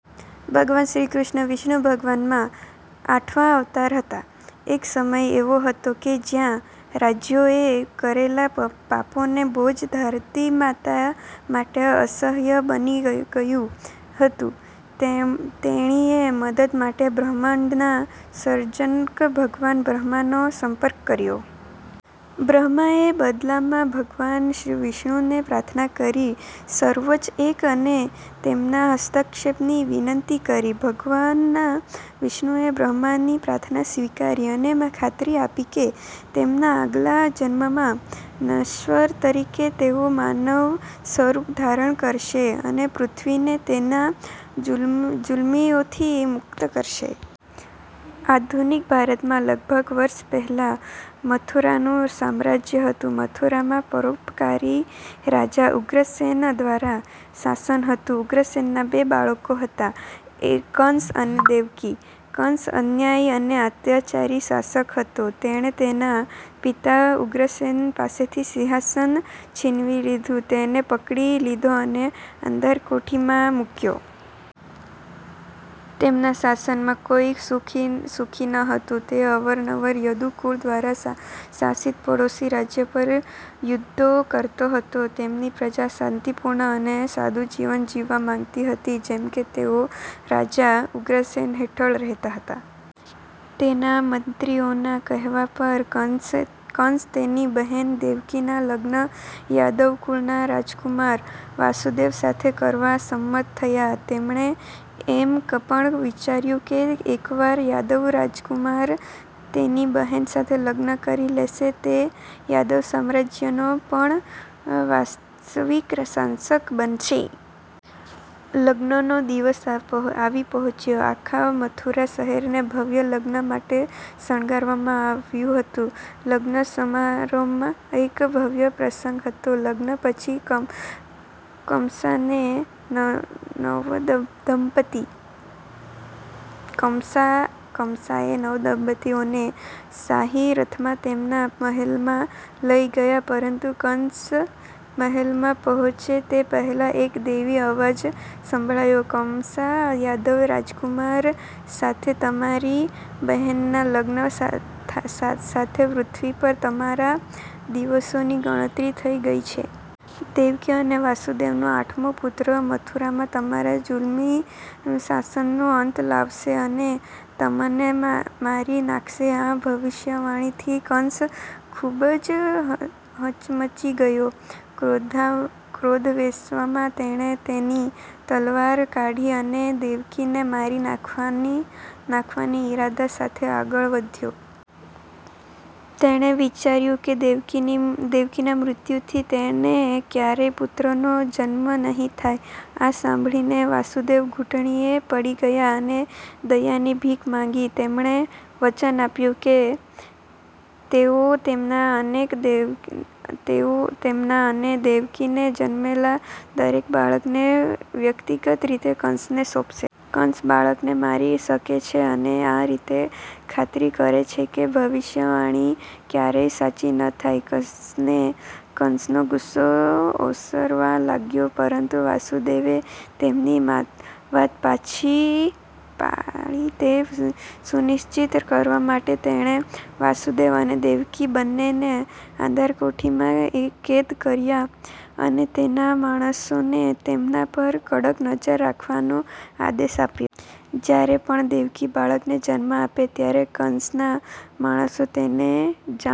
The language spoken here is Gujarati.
પ્રસ્તાવના: ભગવાન કૃષ્ણ ભગવાન વિષ્ણુના આઠમા અવતાર હતા. એક સમય એવો હતો કે જ્યારે રાજાઓએ કરેલા પાપોનો બોજ ધરતી માતા માટે અસહ્ય બની ગયો હતો. તેણીએ મદદ માટે બ્રહ્માંડના સર્જક ભગવાન બ્રહ્માનો સંપર્ક કર્યો. બ્રહ્માએ બદલામાં ભગવાન વિષ્ણુને પ્રાર્થના કરી, સર્વોચ્ચ એક, અને તેમના હસ્તક્ષેપની વિનંતી કરી. ભગવાન વિષ્ણુએ બ્રહ્માની પ્રાર્થના સ્વીકારી અને ખાતરી આપી કે તેમના આગલા જન્મમાં નશ્વર તરીકે તેઓ માનવ સ્વરૂપ ધારણ કરશે અને પૃથ્વીને તેના જુલમીઓથી મુક્ત કરશે. આધુનિક ભારતમાં લગભગ વર્ષ પહેલાં, મથુરાનું સામ્રાજ્ય હતું. મથુરામાં પરોપકારી રાજા ઉગ્રસેન દ્વારા શાસન હતું. ઉગ્રસેનને બે બાળકો હતા, કંસા અને દેવકી. કંસા અન્યાયી અને અત્યાચારી શાસક હતો. તેણે તેના પિતા ઉગ્રસેન પાસેથી સિંહાસન છીનવી લીધું, તેને પકડી લીધો અને અંધારકોટડીમાં મૂક્યો. તેમના શાસનમાં કોઈ સુખી ન હતું. તે અવારનવાર યદુ કુળ દ્વારા શાસિત પડોશી રાજ્ય પર યુદ્ધો કરતો હતો. તેમની પ્રજા શાંતિપૂર્ણ અને સાદું જીવન જીવવા માંગતી હતી, જેમ કે તેઓ રાજા ઉગ્રસેન હેઠળ રહેતા હતા. તેના મંત્રીઓના કહેવા પર, કંસ તેની બહેન દેવકીના લગ્ન યાદવ કુળના રાજકુમાર – વાસુદેવ સાથે કરવા સંમત થયા. તેણે એમ પણ વિચાર્યું કે એકવાર યાદવ રાજકુમાર તેની બહેન સાથે લગ્ન કરી લેશે, તે યાદવ સામ્રાજ્યનો પણ વાસ્તવિક શાસક બનશે. લગ્નનો દિવસ આવી પહોંચ્યો. આખા મથુરા શહેરને ભવ્ય લગ્ન માટે શણગારવામાં આવ્યું હતું. લગ્ન સમારોહ એક ભવ્ય પ્રસંગ હતો. લગ્ન પછી, કમસાએ નવદંપતીઓને શાહી રથમાં તેમના મહેલમાં લઈ ગયા. પરંતુ કંસા મહેલમાં પહોંચે તે પહેલાં એક દૈવી અવાજ સંભળાયો, કમસા, યાદવ રાજકુમાર સાથે તારી બહેનના લગ્ન સાથે, પૃથ્વી પર તારા દિવસોની ગણતરી થઈ ગઈ છે. દેવકી અને વાસુદેવનો આઠમો પુત્ર મથુરામાં તમારા જુલમી શાસનનો અંત લાવશે અને તમને મારી નાખશે. આ ભવિષ્યવાણીથી કંસા ખૂબ જ હચમચી ગયા. ક્રોધાવેશમાં, તેણે તેની તલવાર કાઢી, અને દેવકીને મારી નાખવાના ઇરાદા સાથે આગળ વધ્યો. તેણે વિચાર્યું કે દેવકીના મૃત્યુથી તેને ક્યારેય પુત્રનો જન્મ નહીં થાય. આ સાંભળીને વાસુદેવ ઘૂંટણિયે પડી ગયા અને દયાની ભીખ માંગી. તેમણે વચન આપ્યું હતું કે તેઓ તેમના અને દેવકીને જન્મેલા દરેક બાળકને વ્યક્તિગત રીતે કંસને સોંપશે. કંસા બાળકને મારી શકે છે અને આ રીતે ખાતરી કરે છે કે ભવિષ્યવાણી ક્યારેય સાચી ન થાય. કંસનો ગુસ્સો ઓસરવા લાગ્યો. પરંતુ વાસુદેવે તેમની વાત પાળી તે સુનિશ્ચિત કરવા માટે, તેણે વાસુદેવ અને દેવકી બંનેને અંધારકોટડીમાં કેદ કર્યા અને તેના માણસોને તેમના પર કડક નજર રાખવાનો આદેશ આપ્યો. જ્યારે પણ દેવકી બાળકને જન્મ આપે ત્યારે કંસના માણસો તેને જાણ